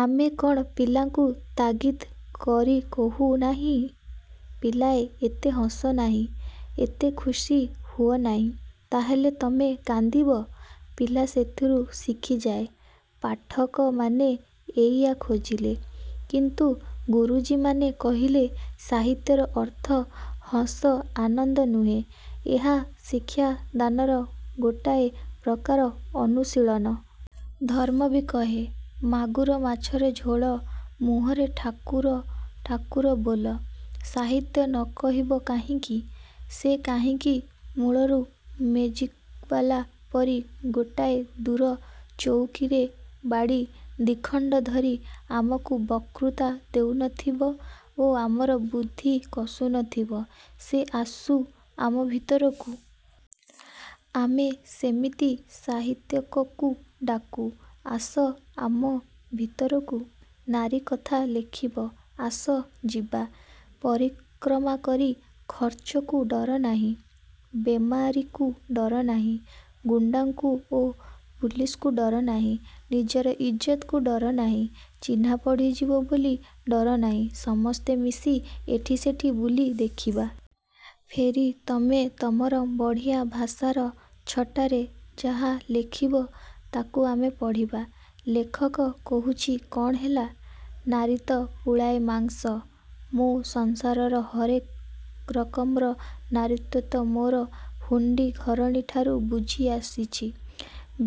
ଆମେ କ'ଣ ପିଲାଙ୍କୁ ତାଗିଦ୍ କରି କହୁ ନାହିଁ-ପିଲାଏ, ଏତେ ହସ ନାହିଁ। ଏତେ ଖୁସି ହୁଅ ନାହିଁ। ତାହାହେଲେ ତମେ କାନ୍ଦିବ। ପିଲା ସେଥିରୁ ଶିଖିଯାଏ। ପାଠକମାନେ ଏଇଆ ଖୋଜିଲେ। କିନ୍ତୁ ଗୁରୁଜୀମାନେ କହିଲେ ସାହିତ୍ୟର ଅର୍ଥ ହସ ଆନନ୍ଦ ନୁହେଁ। ଏହା ଶିକ୍ଷାଦାନର ଗୋଟାଏ ପ୍ରକାରର ଅନୁଶୀଳନ। ଧର୍ମ ବି କହେ- ମାଗୁର ମାଛର ଝୋଳ ମୁହଁରେ ଠାକୁର ଠାକୁର ବୋଲ। ସାହିତ୍ୟ ନ କହିବ କାହିଁକି? ସେ କାହିଁକି ମୂଳରୁ ମେଜିକବାଲା ପରି ଗୋଟିଏ ଦୂର ଚଉକିରେ ବାଡ଼ି ଦି'ଖଣ୍ତ ଧରି ଆମକୁ ବକ୍ତୃତା ଦେଉନଥିବ ଓ ଆମର ବୁଦ୍ଧି କଷୁନଥିବ? ସେ ଆସୁ ଆମ ଭିତରକୁ। ଆମେ ସେମିତି ସାହିତ୍ୟିକକୁ ଡାକୁ-ଆସ ଆମ ଭିତରକୁ। ନାରୀ କଥା ଲେଖିବ-ଆସ ଯିବା। ପରିକ୍ରମା କରି। ଖର୍ଚ୍ଚକୁ ଡର ନାହିଁ। ବେମାରିକୁ ଡର ନାହିଁ। ଗୁଣ୍ତାଙ୍କୁ ଓ ପୁଲିସଙ୍କୁ ଡର ନାହିଁ। ନିଜର ଇଜ୍ଜତକୁ ଡର ନାହିଁ। ଚିହ୍ନା ପଡ଼ିଯିବ ବୋଲି ଡର ନାହିଁ। ସମସ୍ତେ ମିଶି ଏଠି ସେଠି ବୁଲି ଦେଖିବା। ଫେରି ତମେ ତମର ବଢ଼ିଆ ଭାଷାର ଛଟାରେ ଯାହା ଲେଖିବ ତାକୁ ଆମେ ପଢ଼ିବା। ଲେଖକ କହୁଛି-କ'ଣ ହେଲା? ନାରୀ ତ ପୁଳାଏ ମାଂସ। ମୁଁ ସଂସାରର ହରେକ ରକମର ନାରୀତତ୍ତ୍ୱ ମୋର ହୁଣ୍ତୀ ଘରଣୀଠାରୁ ବୁଝି ଆସିଛି।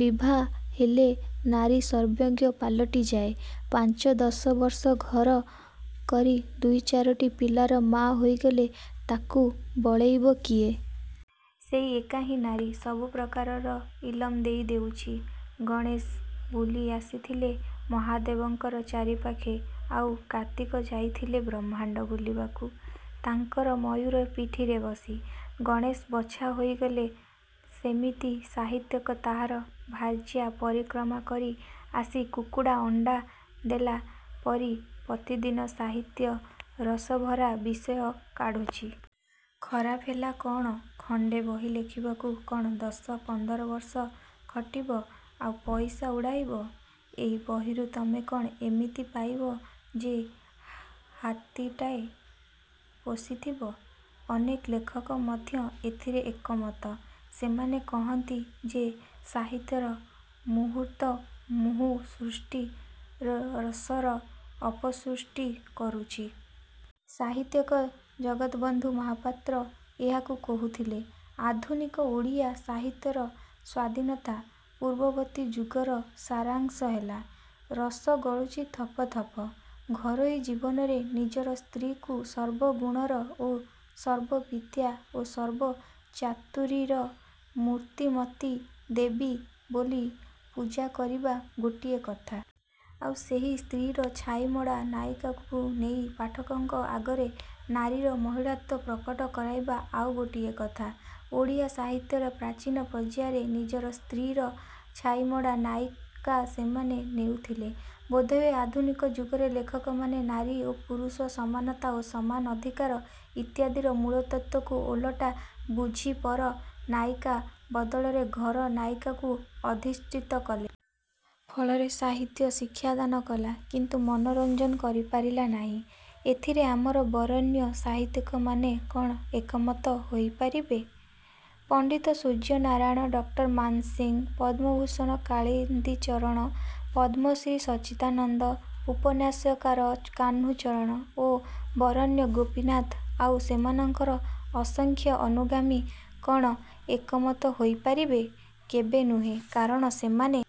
ବିଭାହେଲେ ନାରୀ ସର୍ବେଜ୍ଞ ପାଲଟିଯାଏ। ପାଞ୍ଚ ଦଶବର୍ଷ ଘର କରି ଦୁଇ ଚାରୋଟି ପିଲାର ମା ହେଇଗଲେ ତାକୁ ବଳେଇବ କିଏ? ସେହି ଏକ ହିଁ ନାରୀ ସବୁ ପ୍ରକାରର ଇଲମ ଦେଇ ଦେଉଛି। ଗଣେଶ ବୁଲି ଆସିଥିଲେ ମହାଦେବଙ୍କର ଚାରିପାଖେ ଆଉ କାର୍ତ୍ତିକ ଯାଇଥିଲେ ବ୍ରହ୍ମାଣ୍ତ ବୁଲିବାକୁ ତାଙ୍କର ମୟୁର ପିଠିରେ ବସି। ଗଣେଶ ବଛା ହେଇଗଲେ। ସେମିତି ସାହିତ୍ୟିକ ତାହାର ଭାର୍ଯ୍ୟା-ପରିକ୍ରମା କରି ଆସି କୁକୁଡ଼ା ଅଣ୍ତା ଦେଲା ପରି ପ୍ରତିଦିନ ସାହିତ୍ୟ ରସଭରା ବିଷୟ କାଢ଼ୁଛି। ଖରାପ ହେଲା କ'ଣ? ଖଣ୍ତେ ବହି ଲେଖିବାକୁ କ'ଣ ଦଶ ପନ୍ଦରବର୍ଷ ଖଟିବ ଆଉ ପଇସା ଉଡ଼ାଇବ? ଏହି ବହିରୁ ତମେ କ'ଣ ଏମିତି ପାଇବ ଯେ ହାତୀଟାଏ ପୋଷିଥିବ? ଅନେକ ଲେଖକ ମଧ୍ୟ ଏଥିରେ ଏକମତ। ସେମାନେ କହନ୍ତି ଯେ ସାହିତ୍ୟର ମୂହୁର୍ମୁହୁ ସୃଷ୍ଟି ରସର ଅପସୃଷ୍ଟି କରୁଛି। ସାହିତ୍ୟିକ ଜଗତବନ୍ଧୁ ମହାପାତ୍ର ଏହାକୁ କହୁଥିଲେ ଆଧୁନିକ ଓଡ଼ିଆ ସାହିତ୍ୟର ସ୍ୱାଧୀନତା ପୂର୍ବବର୍ତ୍ତୀ ଯୁଗର ସାରାଂଶ ହେଲା-ରସ ଗଳୁଛି ଥପ ଥପ। ଘରୋଇ ଜୀବନରେ ନିଜର ସ୍ତ୍ରୀକୁ ସର୍ବଗୁଣର ଓ ସର୍ବବିଦ୍ୟା ଓ ସର୍ବ ଚାତୁରୀର ମୂର୍ତ୍ତିମତୀ ଦେବୀ ବୋଲି ପୂଜା କରିବା ଗୋଟିଏ କଥା। ଆଉ ସେହି ସ୍ତ୍ରୀର ଛାଇମଡ଼ା ନାୟିକାକୁ ନେଇ ପାଠକଙ୍କ ଆଗରେ ନାରୀର ମହିଳାତ୍ୱ ପ୍ରକଟ କରାଇବା ଆଉ ଗୋଟିଏ କଥା। ଓଡ଼ିଆ ସାହିତ୍ୟର ପ୍ରାଚୀନ ପର୍ଯ୍ୟାୟରେ ନିଜର ସ୍ତ୍ରୀର ଛାଇମଡ଼ା ନାୟିକା ସେମାନେ ନେଉଥିଲେ। ବୋଧହୁଏ ଆଧୁନିକ ଯୁଗରେ ଲେଖକମାନେ ନାରୀ ଓ ପୁରୁଷର ସମାନତା ଓ ସମାନ ଅଧିକାର ଇତ୍ୟାଦିର ମୂଳତତ୍ତ୍ୱକୁ ଓଲଟା ବୁଝି ପର-ନାୟିକା ବଦଳରେ ଘର ନାୟିକାକୁ ଅଧିଷ୍ଠିତ କଲେ। ଫଳରେ ସାହିତ୍ୟ ଶିକ୍ଷାଦାନ କଲା କିନ୍ତୁ ମନୋରଞ୍ଜନ କରିପାରିଲା ନାହିଁ। ଏଥିରେ ଆମର ବରେଣ୍ୟ ସାହିତ୍ୟିକମାନେ କ'ଣ ଏକମତ ହେଇ ପାରିବେ? ପଣ୍ତିତ ସୂର୍ଯ୍ୟନାରାୟଣ, ଡକ୍ଟର ମାନସିଂ, ପଦ୍ମଭୂଷଣ କାଳିନ୍ଦୀଚରଣ, ପଦ୍ମଶ୍ରୀ ସଚ୍ଚିଦାନନ୍ଦ, ଉପନ୍ୟାସକାର କାହ୍ନୁଚରଣ ଓ ବରେଣ୍ୟ ଗୋପୀନାଥ ଆଉ ସେମାନଙ୍କର ଅସଂଖ୍ୟ ଅନୁଗାମୀ କ'ଣ ଏକମତ ହୋଇପାରିବେ? କେବେ ନୁହେଁ। କାରଣ ସେମାନେ